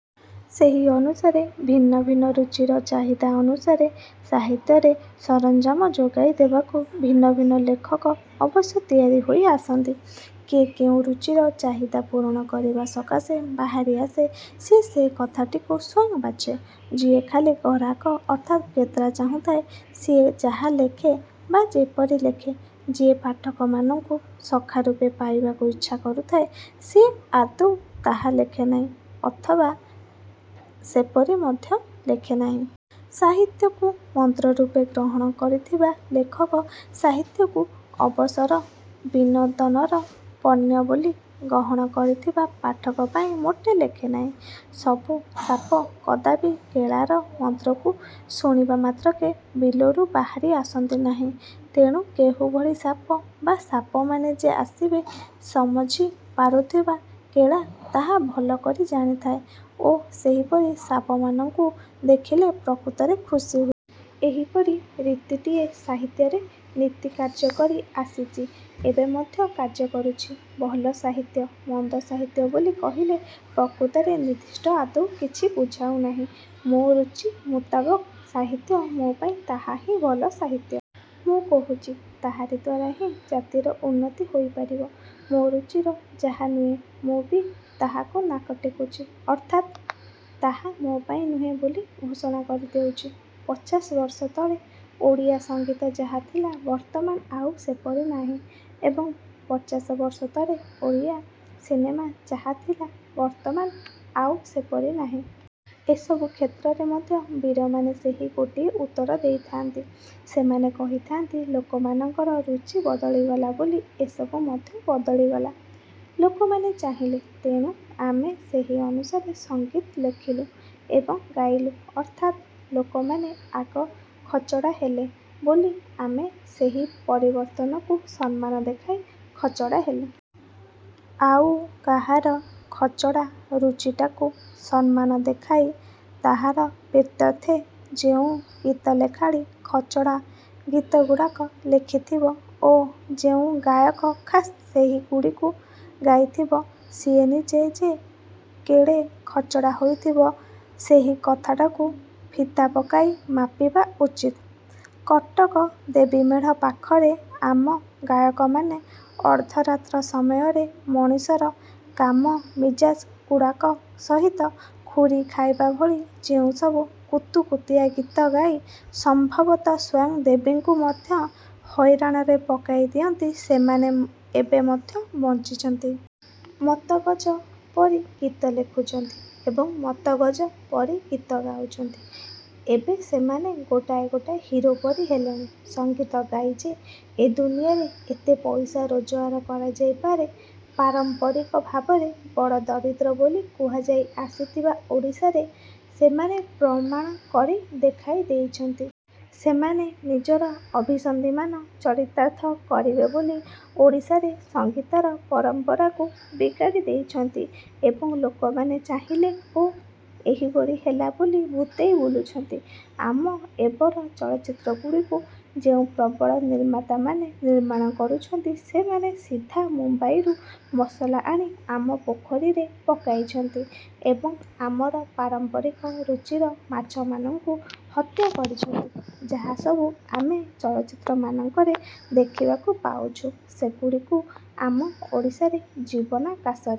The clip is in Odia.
ସେହି ଅନୁସାରେ ଭିନ୍ନ ଭିନ୍ନ ରୁଚିର ଚାହିଦା ଅନୁସାରେ ସାହିତ୍ୟରେ ସରଞ୍ଜାମ ଯୋଗାଇ ଦେବାକୁ ଭିନ୍ନ ଭିନ୍ନ ଲେଖକ ଅବଶ୍ୟ ତିଆରି ହୋଇ ଆସନ୍ତି। କିଏ କୋଉ ରୁଚିର ଚାହିଦା ପୂରଣ କରିବା ସକାଶେ ବାହାରିଆସେ ସିଏ ସେ କଥାଟିକୁ ସ୍ୱୟଂ ବାଛେ। ଯିଏ ଖାଲି ଗରହାକ ଅର୍ଥାତ୍ କ୍ରେତା ଚାହୁଥାଏ, ସିଏ ଯାହା ଲେଖେ ବା ଯେପରି ଲେଖେ, ଯିଏ ପାଠକମାନଙ୍କୁ ସଖା ରୂପେ ପାଇବାକୁ ଇଚ୍ଛା କରୁଥାଏ ସିଏ ଆଦୌ ତାହା ଲେଖେ ନାହିଁ ଅଥବା ସେପରି ମଧ୍ୟ ଲେଖେ ନାହିଁ। ସାହିତ୍ୟକୁ ମନ୍ତ୍ରରୂପେ ଗ୍ରହଣ କରିଥିବା ଲେଖକ ସାହିତ୍ୟକୁ ଅବସର ବିନୋଦନର ପଣ୍ୟ ବୋଲି ଗ୍ରହଣ କରିଥିବା ପାଠକ ପାଇଁ ମୋଟେ ଲେଖେ ନାହିଁ। ସବୁ ସାପ କଦାପି କେଳାର ମନ୍ତ୍ରକୁ ଶୁଣିବା ମାତ୍ରକେ ବିଲରୁ ବାହାରି ଆସନ୍ତି ନାହିଁ। ତେଣୁ କେଉଁଭଳି ସାପ ବା ସାପମାନେ ଯେ ଆସିବେ, ସମଝି ପାରୁଥିବା କେଳା ତାହା ଭଲ କରି ଜାଣିଥାଏ ଓ ସେହିପରି ସାପମାନଙ୍କୁ ଦେଖିଲେ ପ୍ରକୃତରେ ଖୁସୀ ହୁଏ। ଏହିପରି ରୀତିଟିଏ ସାହିତ୍ୟରେ ନିତି କାର୍ଯ୍ୟ କରି ଆସିଛି ଏବେ ମଧ୍ୟ କାର୍ଯ୍ୟ କରୁଛି। ଭଲ ସାହିତ୍ୟ, ମନ୍ଦ ସାହିତ୍ୟ ବୋଲି କହିଲେ ପ୍ରକୃତରେ ନିର୍ଦ୍ଦିଷ୍ଟ ଆଦୌ କିଛି ବୁଝାଉ ନାହିଁ। ମୋ ରୁଚି ମୁତାବକ ସାହିତ୍ୟ ମୋ ପାଇଁ ତାହା ହିଁ ଭଲ ସାହିତ୍ୟ। ମୁଁ କହୁଛି ତାହାରି ଦ୍ୱାରା ହିଁ ଜାତିର ଉନ୍ନତି ହୋଇପାରିବ। ମୋ ରୁଚିର ଯାହା ନୁହେଁ, ମୁଁ ବି ତାହାକୁ ନାକ ଟେକୁଛି ଅର୍ଥାତ୍ ତାହା ମୋ ପାଇଁ ନୁହେଁ ବୋଲି ଘୋଷଣା କରିଦେଉଛି। ପଚାଶବର୍ଷ ତଳେ ଓଡ଼ିଆ ସଂଗୀତ ଯାହାଥିଲା ବର୍ତ୍ତମାନ ଆଉ ସେପରି ନାହିଁ ଏବଂ ପଚାଶବର୍ଷ ତଳେ ଓଡ଼ିଆ ସିନେମା ଯାହାଥିଲା ବର୍ତ୍ତମାନ ଆଉ ସେପରି ନାହିଁ। ଏସବୁ କ୍ଷେତ୍ରରେ ମଧ୍ୟ ବୀରମାନେ ସେହି ଗୋଟିଏ ଉତ୍ତର ଦେଇଥାନ୍ତି, ସେମାନେ କହିଥାନ୍ତି ଲୋକମାନଙ୍କର ରୁଚି ବଦଳିଗଲା ବୋଲି ଏସବୁ ମଧ୍ୟ ବଦଳିଗଲା। ଲୋକମାନେ ଚାହିଁଲେ, ତେଣୁ ଆମେ ସେହି ଅନୁସାରେ ସଂଗୀତ ଲେଖିଲୁ ଏବଂ ଗାଇଲୁ ଅର୍ଥାତ୍ ଲୋକମାନେ ଆଗ ଖଚଡ଼ା ହେଲେ ବୋଲି ଆମେ ସେହି ପରିବର୍ତ୍ତନକୁ ସମ୍ମାନ ଦେଖାଇ ଖଚଡ଼ା ହେଲୁ। ଆଉ କାହାର ଖଚଡ଼ା ରୁଚିଟାକୁ ସମ୍ମାନ ଦେଖାଇ ତାହାର ପ୍ରୀତ୍ୟର୍ଥେ ଯେଉଁ ଗୀତଲେଖାଳି ଖଚଡ଼ା ଗୀତଗୁଡ଼ାକ ଲେଖିଥିବ ଓ ଯେଉଁ ଗାୟକ ଖାସ୍ ସେହିଗୁଡ଼ିକୁ ଗାଇଥିବ, ସିଏ ନିଜେ ଯେ କେଡ଼େ ଖଚଡ଼ା ହୋଇଥିବ ସେହି କଥାଟାକୁ ଫିତା ପକାଇ ମାପିବା ଉଚିତ। କଟକ ଦେବୀମେଢ଼ ପାଖରେ ଆମ ଗାୟକମାନେ ଅର୍ଦ୍ଧରାତ୍ର ସମୟରେ ମଣିଷର କାମମିଜାଜ ଗୁଡ଼ାକ ସହିତ ଖୁରି ଖାଇବା ଭଳି ଯେଉଁସବୁ କୁତୁକୁତିଆ ଗୀତ ଗାଇ ସମ୍ଭବତଃ ସ୍ୱୟଂ ଦେବୀଙ୍କୁ ମଧ୍ୟ ହଇରାଣରେ ପକାଇ ଦିଅନ୍ତି ସେମାନେ ଏବେ ମଧ୍ୟ ବଞ୍ଚିଛନ୍ତି। ମତ୍ତଗଜ ପରି ଗୀତ ଲେଖୁଛନ୍ତି ଏବଂ ମତ୍ତଗଜ ପରି ଗୀତ ଗାଉଛନ୍ତି। ଏବେ ସେମାନେ ଗୋଟାଏ ଗୋଟାଏ ହିରୋ ପରି ହେଲେଣି। ସଂଗୀତ ଗାଇ ଯେ ଏ ଦୁନିଆରେ ଏତେ ପଇସା ରୋଜଗାର କରାଯାଇପାରେ, ପାରମ୍ପରିକ ଭାବରେ ବଡ଼ ଦରିଦ୍ର ବୋଲି କୁହାଯାଇ ଆସିଥିବା ଓଡ଼ିଶାରେ ସେମାନେ ପ୍ରମାଣ କରି ଦେଖାଇ ଦେଇଛନ୍ତି। ସେମାନେ ନିଜର ଅଭିସନ୍ଧିମାନ ଚରିତାର୍ଥ କରିବେ ବୋଲି ଓଡ଼ିଶାରେ ସଙ୍ଗୀତର ପରମ୍ପରାକୁ ବିଗାଡ଼ି ଦେଇଛନ୍ତି। ଏବଂ ଲୋକମାନେ ଚାହିଁଲେ ଓ ଏହିଭଳି ହେଲା ବୋଲି ଭୂତେଇ ବୁଲୁଛନ୍ତି। ଆମ ଏବର ଚଳଚ୍ଚିତ୍ରଗୁଡ଼ିକୁ ଯେଉଁ ପ୍ରବଳ ନିର୍ମାତାମାନେ ନିର୍ମାଣ କରୁଛନ୍ତି, ସେମାନେ ସିଧା ମୁମ୍ବାଇରୁ ମସଲା ଆଣି ଆମ ପୋଖରୀରେ ପକାଇଛନ୍ତି ଏବଂ ଆମର ପାରମ୍ପରିକ ରୁଚିର ମାଛମାନଙ୍କୁ ହତ୍ୟା କରିଛନ୍ତି। ଯାହାସବୁ ଆମେ ଚଳଚ୍ଚିତ୍ରମାନଙ୍କରେ ଦେଖିବାକୁ ପାଉଛୁ, ସେଗୁଡ଼ିକୁ ଆମ ଓଡ଼ିଶାର ଜୀବନାକାଶରେ।